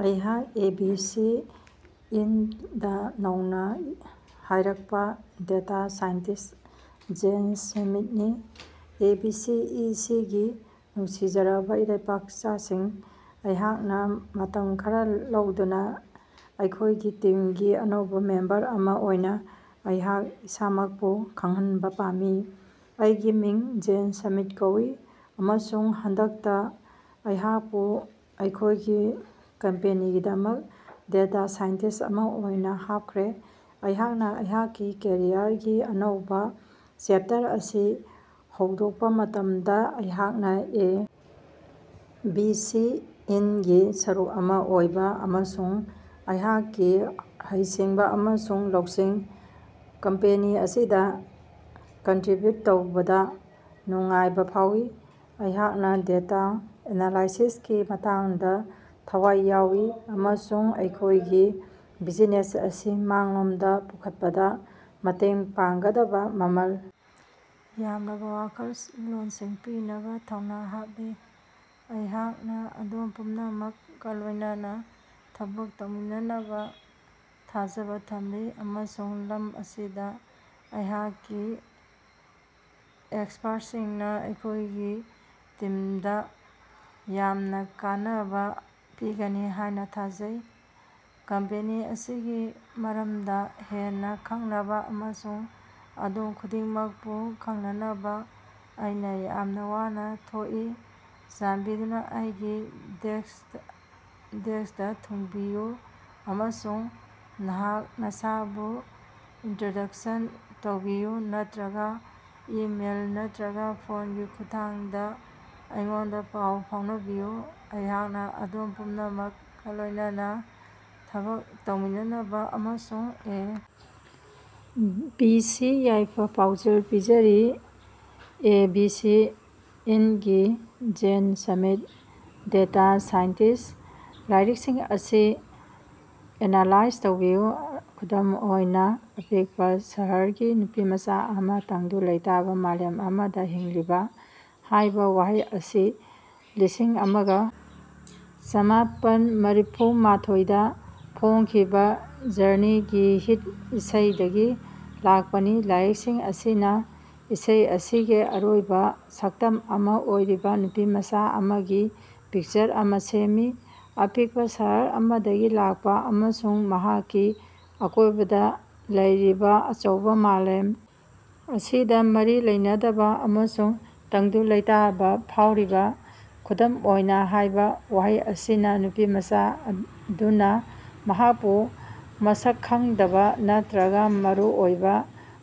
ꯑꯩꯍꯥꯛ ABC. Inc. ꯗ ꯅꯧꯅ ꯍꯥꯏꯔꯛꯄ ꯗꯦꯇꯥ ꯁꯥꯏꯟꯇꯤꯁ꯭ꯠ ꯖꯦꯟ ꯁ꯭ꯃꯤꯊꯅꯤ꯫ A. B. C. E. C. ꯒꯤ ꯅꯨꯡꯁꯤꯖꯔꯕ ꯏꯔꯩꯕꯥꯛꯆꯥꯁꯤꯡ, ꯑꯩꯍꯥꯛꯅ ꯃꯇꯝ ꯈꯔ ꯂꯧꯗꯨꯅ ꯑꯩꯈꯣꯏꯒꯤ ꯇꯤꯝꯒꯤ ꯑꯅꯧꯕ ꯃꯦꯝꯕꯔ ꯑꯃ ꯑꯣꯏꯅ ꯑꯩꯍꯥꯛ ꯏꯁꯥꯃꯛꯄꯨ ꯈꯪꯍꯟꯕ ꯄꯥꯝꯃꯤ꯫ ꯑꯩꯒꯤ ꯃꯤꯡ ꯖꯦꯟ ꯁ꯭ꯃꯤꯊ ꯀꯧꯏ ꯑꯃꯁꯨꯡ ꯍꯟꯗꯛꯇ ꯑꯩꯍꯥꯛꯄꯨ ꯑꯩꯈꯣꯏꯒꯤ ꯀꯝꯄꯦꯅꯤꯒꯤꯗꯃꯛ ꯗꯦꯇꯥ ꯁꯥꯏꯟꯇꯤꯁ꯭ꯠ ꯑꯃ ꯑꯣꯏꯅ ꯍꯥꯞꯈ꯭ꯔꯦ꯫ ꯑꯩꯍꯥꯛꯅ ꯑꯩꯍꯥꯛꯀꯤ ꯀꯦꯔꯤꯌꯔꯒꯤ ꯑꯅꯧꯕ ꯆꯦꯞꯇꯔ ꯑꯁꯤ ꯍꯧꯗꯣꯛꯄ ꯃꯇꯝꯗ, ꯑꯩꯍꯥꯛꯅ ꯑꯦ. ꯕꯤ. ꯁꯤ. ꯏꯟꯀ. ꯒꯤ ꯁꯔꯨꯛ ꯑꯃ ꯑꯣꯏꯕ ꯑꯃꯁꯨꯡ ꯑꯩꯍꯥꯛꯀꯤ ꯍꯩꯁꯤꯡꯕ ꯑꯃꯁꯨꯡ ꯂꯧꯁꯤꯡ ꯀꯝꯄꯦꯅꯤ ꯑꯁꯤꯗ ꯀꯟꯇ꯭ꯔꯤꯕ꯭ꯌꯨꯠ ꯇꯧꯕꯗ ꯅꯨꯡꯉꯥꯏꯕ ꯐꯥꯎꯏ꯫ ꯑꯩꯍꯥꯛꯅ ꯗꯦꯇꯥ ꯑꯦꯅꯥꯂꯥꯏꯁꯤꯁꯀꯤ ꯃꯇꯥꯡꯗ ꯊꯋꯥꯏ ꯌꯥꯑꯣꯏ ꯑꯃꯁꯨꯡ ꯑꯩꯈꯣꯏꯒꯤ ꯕꯤꯖꯤꯅꯦꯁ ꯑꯁꯤ ꯃꯥꯡꯂꯣꯝꯗ ꯄꯨꯈꯠꯄꯗ ꯃꯇꯦꯡ ꯄꯥꯡꯒꯗꯕ ꯃꯃꯜ ꯌꯥꯝꯂꯕ ꯋꯥꯈꯜꯂꯣꯟꯁꯤꯡ ꯄꯤꯅꯕ ꯊꯧꯅ ꯍꯥꯞꯂꯤ꯫ ꯑꯩꯍꯥꯛꯅ ꯑꯗꯣꯝ ꯄꯨꯝꯅꯃꯛꯀ ꯂꯣꯏꯅꯅ ꯊꯕꯛ ꯇꯧꯃꯤꯟꯅꯅꯕ ꯊꯥꯖꯕ ꯊꯝꯂꯤ ꯑꯃꯁꯨꯡ ꯂꯝ ꯑꯁꯤꯗ ꯑꯩꯍꯥꯛꯀꯤ ꯑꯦꯛꯁꯄꯔꯇꯁꯤꯡꯅ ꯑꯩꯈꯣꯏꯒꯤ ꯇꯤꯝꯗ ꯌꯥꯝꯅ ꯀꯥꯟꯅꯕ ꯄꯤꯒꯅꯤ ꯍꯥꯏꯅ ꯊꯥꯖꯩ꯫ ꯀꯝꯄꯦꯅꯤ ꯑꯁꯤꯒꯤ ꯃꯔꯞꯗ ꯍꯦꯟꯅ ꯈꯪꯅꯕ ꯑꯃꯁꯨꯡ ꯑꯗꯣꯝ ꯈꯨꯗꯤꯡꯃꯛꯄꯨ ꯈꯪꯅꯅꯕ ꯑꯩꯅ ꯌꯥꯝꯅ ꯋꯥꯅ ꯊꯣꯛꯏ꯫ ꯆꯥꯟꯕꯤꯗꯨꯅ ꯑꯩꯒꯤ ꯗꯦꯁ꯭ꯀꯇ ꯊꯨꯡꯂꯕꯤꯌꯨ ꯑꯃꯁꯨꯡ ꯅꯍꯥꯛ ꯅꯁꯥꯕꯨ ꯏꯅꯇ꯭ꯔꯣꯗ꯭ꯌꯨꯁꯟ ꯇꯧꯕꯤꯌꯨ ꯅꯠꯇ꯭ꯔꯒ ꯏꯃꯦꯜ ꯅꯠꯇ꯭ꯔꯒ ꯐꯣꯟꯒꯤ ꯈꯨꯠꯊꯥꯡꯗ ꯑꯩꯉꯣꯟꯗ ꯄꯥꯎ ꯐꯥꯎꯅꯕꯤꯌꯨ ꯫ ꯑꯩꯍꯥꯛꯅ ꯑꯗꯣꯝ ꯄꯨꯝꯅꯃꯛꯀ ꯂꯣꯏꯅꯅ ꯊꯕꯛ ꯇꯧꯃꯤꯟꯅꯅꯕ ꯑꯃꯁꯨꯡ ꯑꯦ. ꯕꯤ. ꯁꯤ. ꯌꯥꯏꯐ-ꯄꯥꯎꯖꯦꯜ ꯄꯤꯖꯔꯤ, ꯑꯦ. ꯕꯤ. ꯁꯤ. ꯏꯟꯀ. ꯒꯤ ꯖꯦꯟ ꯁ꯭ꯃꯤꯊ ꯗꯦꯇꯥ ꯁꯥꯏꯟꯇꯤꯁ꯭ꯠ꯫ ꯂꯤꯔꯤꯛꯁꯤꯡ ꯑꯁꯤ ꯑꯦꯅꯥꯂꯥꯏꯖ ꯇꯧꯕꯤꯌꯨ: "ꯈꯨꯗꯝ ꯑꯣꯏꯅ ꯑꯄꯤꯛꯄ ꯁꯍꯔꯒꯤ ꯅꯨꯄꯤꯃꯆꯥ ꯑꯃ ꯇꯪꯗꯨ ꯂꯩꯇꯥꯕ ꯃꯥꯂꯦꯝ ꯑꯃꯗ ꯍꯤꯡꯂꯤꯕꯥ"꯫ ꯍꯥꯏꯕ ꯋꯥꯍꯩ ꯑꯁꯤ ꯂꯤꯁꯤꯡ ꯑꯃꯒ ꯆꯃꯥꯄꯟ ꯃꯔꯤꯐꯨ ꯃꯥꯊꯣꯏ ꯗ ꯐꯣꯡꯈꯤꯕ ꯖꯔꯅꯤꯒꯤ ꯍꯤꯠ ꯏꯁꯩ ꯗꯒꯤ ꯂꯥꯛꯄꯅꯤ, ꯂꯤꯔꯤꯛꯁꯤꯡ ꯑꯁꯤꯅ ꯏꯁꯩ ꯑꯁꯤꯒꯤ ꯃꯔꯨꯑꯣꯏꯕ ꯁꯛꯇꯝ ꯑꯃ ꯑꯣꯏꯔꯤꯕ ꯅꯨꯄꯤꯃꯆ ꯑꯃꯒꯤ ꯄꯤꯛꯆꯔ ꯑꯃ ꯁꯦꯝꯃꯤ꯫ ꯑꯄꯤꯛꯄ ꯁꯍꯔ ꯑꯃꯗꯒꯤ ꯂꯥꯛꯄ ꯑꯃꯁꯨꯡ ꯃꯍꯥꯛꯀꯤ ꯑꯀꯣꯏꯕꯗ ꯂꯩꯔꯤꯕ ꯑꯆꯧꯕ ꯃꯥꯂꯦꯝ ꯑꯁꯤꯗ ꯃꯔꯤ ꯂꯩꯅꯗꯕ ꯑꯃꯁꯨꯡ ꯇꯪꯗꯨ ꯂꯩꯇꯥꯕ ꯐꯥꯎꯔꯤꯕ꯫ "ꯈꯨꯗꯝ ꯑꯣꯏꯅ" ꯍꯥꯌꯕ ꯋꯥꯍꯩ ꯑꯁꯤꯅ ꯅꯨꯄꯤꯃꯆ ꯑꯗꯨꯅ ꯃꯍꯥꯛꯄꯨ ꯃꯁꯛ ꯈꯪꯗꯕ ꯅꯠꯇ꯭ꯔꯒ ꯃꯔꯨꯑꯣꯏꯕ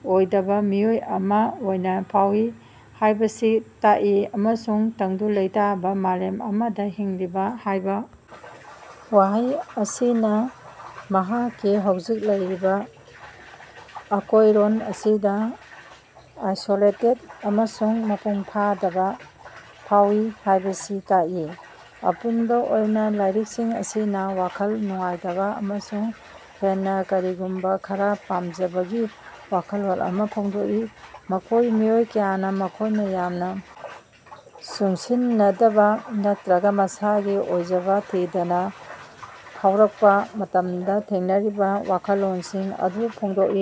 ꯑꯣꯏꯗꯕ ꯃꯤꯑꯣꯏ ꯑꯃ ꯑꯣꯏꯅ ꯐꯥꯎꯏ ꯍꯥꯢꯕꯁꯤ ꯇꯥꯛꯏ ꯑꯃꯁꯨꯡ "ꯇꯪꯗꯨ ꯂꯩꯇꯥꯕ ꯃꯥꯂꯦꯝ ꯑꯃꯗ ꯍꯤꯡꯂꯤꯕꯥ" ꯍꯥꯏꯕ ꯋꯥꯍꯩ ꯑꯁꯤꯅ ꯃꯍꯥꯛꯀꯤ ꯍꯧꯖꯤꯛ ꯂꯩꯔꯤꯕ ꯑꯀꯣꯌꯔꯣꯟ ꯑꯁꯤꯗ ꯑꯥꯏꯁꯣꯂꯦꯇꯦꯗ ꯑꯃꯁꯨꯡ ꯃꯄꯨꯡ ꯐꯥꯗꯕ ꯐꯥꯎꯏ ꯍꯥꯢꯕꯁꯤ ꯇꯥꯛꯏ꯫ ꯑꯄꯨꯟꯕ ꯑꯣꯏꯅ ꯂꯥꯏꯔꯤꯛꯁꯤꯡ ꯑꯁꯤꯅ ꯋꯥꯈꯜ ꯅꯨꯡꯉꯥꯏꯇꯕ ꯑꯃꯁꯨꯡ ꯍꯦꯟꯅ ꯀꯔꯤꯒꯨꯝꯕ ꯈꯔ ꯄꯥꯝꯖꯕꯒꯤ ꯋꯥꯈꯜꯂꯣꯟ ꯑꯃ ꯐꯣꯡꯗꯣꯛꯏ, ꯃꯈꯣꯢ ꯃꯤꯑꯣꯏ ꯀꯌꯥꯅ ꯃꯈꯣꯏꯅ ꯌꯥꯝꯅ ꯆꯨꯁꯤꯟꯅꯗꯕ ꯅꯠꯇ꯭ꯔꯒ ꯃꯁꯥꯒꯤ ꯑꯣꯏꯖꯕ ꯊꯤꯗꯅ ꯐꯥꯎꯔꯀꯄ ꯃꯇꯝꯗ ꯊꯦꯡꯅꯔꯤꯕ ꯋꯥꯈꯜꯂꯣꯟꯁꯤꯡ ꯑꯗꯨ ꯐꯣꯡꯗꯣꯛꯏ ꯫